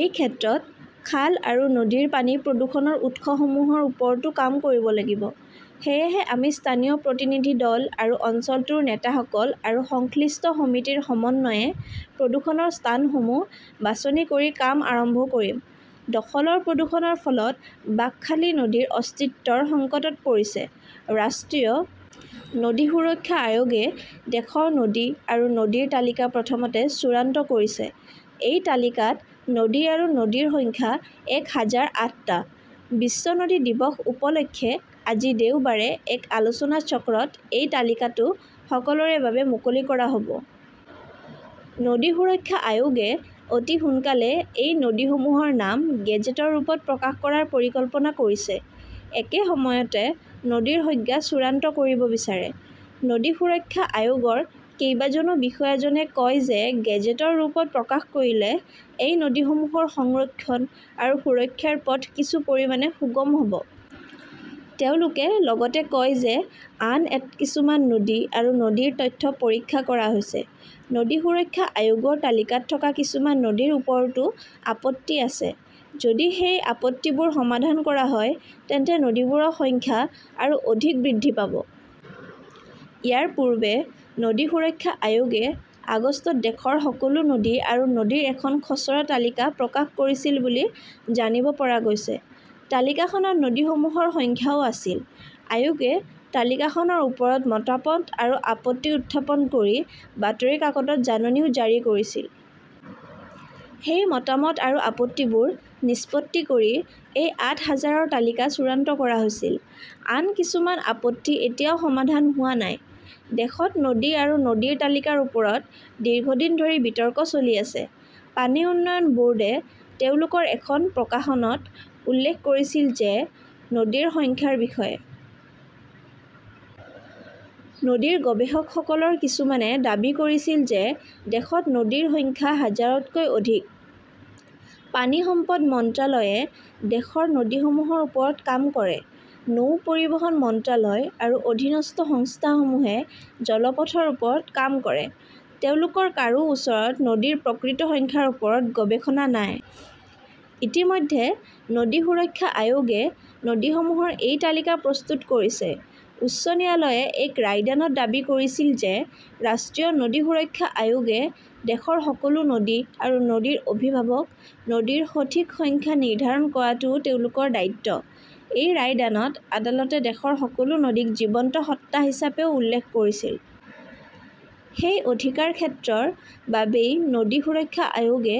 এই ক্ষেত্ৰত খাল আৰু নদীৰ পানী প্ৰদূষণৰ উৎসসমূহৰ ওপৰতো কাম কৰিব লাগিব। সেয়েহে আমি স্থানীয় প্ৰতিনিধি দল আৰু অঞ্চলটোৰ নেতাসকল আৰু সংশ্লিষ্ট সমিতিৰ সমন্বয়ে প্ৰদূষণৰ স্থানসমূহ বাছনি কৰি কাম আৰম্ভ কৰিম। দখলৰ প্ৰদূষণৰ ফলত বাঁকখালী নদী অস্তিত্বৰ সংকটত পৰিছে ।ৰাষ্ট্ৰীয় নদী সুৰক্ষা আয়োগে দেশৰ নদী আৰু নদীৰ তালিকা প্ৰথমতে চূড়ান্ত কৰিছে। এই তালিকাত নদী আৰু নদীৰ সংখ্যা এক হাজাৰ আঠটা। বিশ্ব নদী দিৱস উপলক্ষে আজি দেওবাৰে এক আলোচনাচক্ৰত এই তালিকাটো সকলোৰে বাবে মুকলি কৰা হ'ব। নদী সুৰক্ষা আয়োগে অতি সোনকালেই এই নদীসমূহৰ নাম গেজেটৰ ৰূপত প্ৰকাশ কৰাৰ পৰিকল্পনা কৰিছে। একে সময়তে নদীৰ সংজ্ঞা চূড়ান্ত কৰিব বিচাৰে। নদী সুৰক্ষা আয়োগৰ কেইবাজনো বিষয়াজনে কয় যে গেজেটৰ ৰূপত প্ৰকাশ কৰিলে এই নদীসমূহৰ সংৰক্ষণ আৰু সুৰক্ষাৰ পথ কিছু পৰিমাণে সুগম হ'ব। তেওঁলোকে লগতে কয় যে আন কিছুমান নদী আৰু নদীৰ তথ্য পৰীক্ষা কৰা হৈছে। নদী সুৰক্ষা আয়োগৰ তালিকাত থকা কিছুমান নদীৰ ওপৰতো আপত্তি আছে। যদি সেই আপত্তিবোৰ সমাধান কৰা হয়, তেন্তে নদীবোৰৰ সংখ্যা আৰু অধিক বৃদ্ধি পাব। ইয়াৰ পূৰ্বে নদী সুৰক্ষা আয়োগে আগষ্টত দেশৰ সকলো নদী আৰু নদীৰ এখন খচৰা তালিকা প্ৰকাশ কৰিছিল বুলি জানিব পৰা গৈছে। তালিকাখনত নদীসমূহৰ সংখ্যাও আছিল। আয়োগে তালিকাখনৰ ওপৰত মতামত আৰু আপত্তি উত্থাপন কৰি বাতৰি কাকতত জাননীও জাৰি কৰিছিল। সেই মতামত আৰু আপত্তিবোৰ নিষ্পত্তি কৰি এই আঠ হাজাৰৰ তালিকা চূড়ান্ত কৰা হৈছিল। আন কিছুমান আপত্তি এতিয়াও সমাধান হোৱা নাই। দেশত নদী আৰু নদীৰ তালিকাৰ ওপৰত দীৰ্ঘদিন ধৰি বিতৰ্ক চলি আছে। পানী উন্নয়ন ব'ৰ্ডে তেওঁলোকৰ এখন প্ৰকাশনত উল্লেখ কৰিছিল যে নদীৰ সংখ্যাৰ বিষয়ে। নদী গৱেষকসকলৰ কিছুমানে দাবী কৰিছিল যে দেশত নদীৰ সংখ্যা হাজাৰতকৈ অধিক। পানী সম্পদ মন্ত্ৰালয়ে দেশৰ নদীসমূহৰ ওপৰত কাম কৰে। নৌ পৰিবহণ মন্ত্ৰালয় আৰু অধীনস্থ সংস্থাসমূহে জলপথৰ ওপৰত কাম কৰে। তেওঁলোকৰ কাৰো ওচৰত নদীৰ প্ৰকৃত সংখ্যাৰ ওপৰত গৱেষণা নাই। ইতিমধ্যে নদী সুৰক্ষা আয়োগে নদীসমূহৰ এই তালিকা প্ৰস্তুত কৰিছে। উচ্চ ন্যায়ালয়ে এক ৰায়দানত দাবী কৰিছিল যে ৰাষ্ট্ৰীয় নদী সুৰক্ষা আয়োগে দেশৰ সকলো নদী আৰু নদীৰ অভিভাৱক, নদীৰ সঠিক সংখ্যা নিৰ্ধাৰণ কৰাটোও তেওঁলোকৰ দায়িত্ব। এই ৰায়দানত আদালতে দেশৰ সকলো নদীক জীৱন্ত সত্তা হিচাপেও উল্লেখ কৰিছিল। সেই অধিকাৰক্ষেত্ৰৰ বাবেই নদী সুৰক্ষা আয়োগে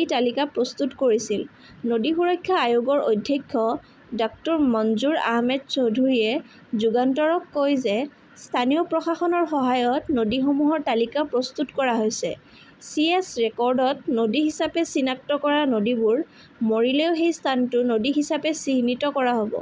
এই তালিকা প্ৰস্তুত কৰিছিল। নদী সুৰক্ষা আয়োগৰ অধ্যক্ষ ডাঃ মঞ্জুৰ আহমেদ চৌধুৰীয়ে যুগান্তৰক কয় যে স্থানীয় প্ৰশাসনৰ সহায়ত নদীসমূহৰ তালিকা প্ৰস্তুত কৰা হৈছে। চি. এছ. ৰেকৰ্ডত নদী হিচাপে চিনাক্ত কৰা নদীবোৰ মৰিলেও সেই স্থানটো নদী হিচাপে চিহ্নিত কৰা হ'ব।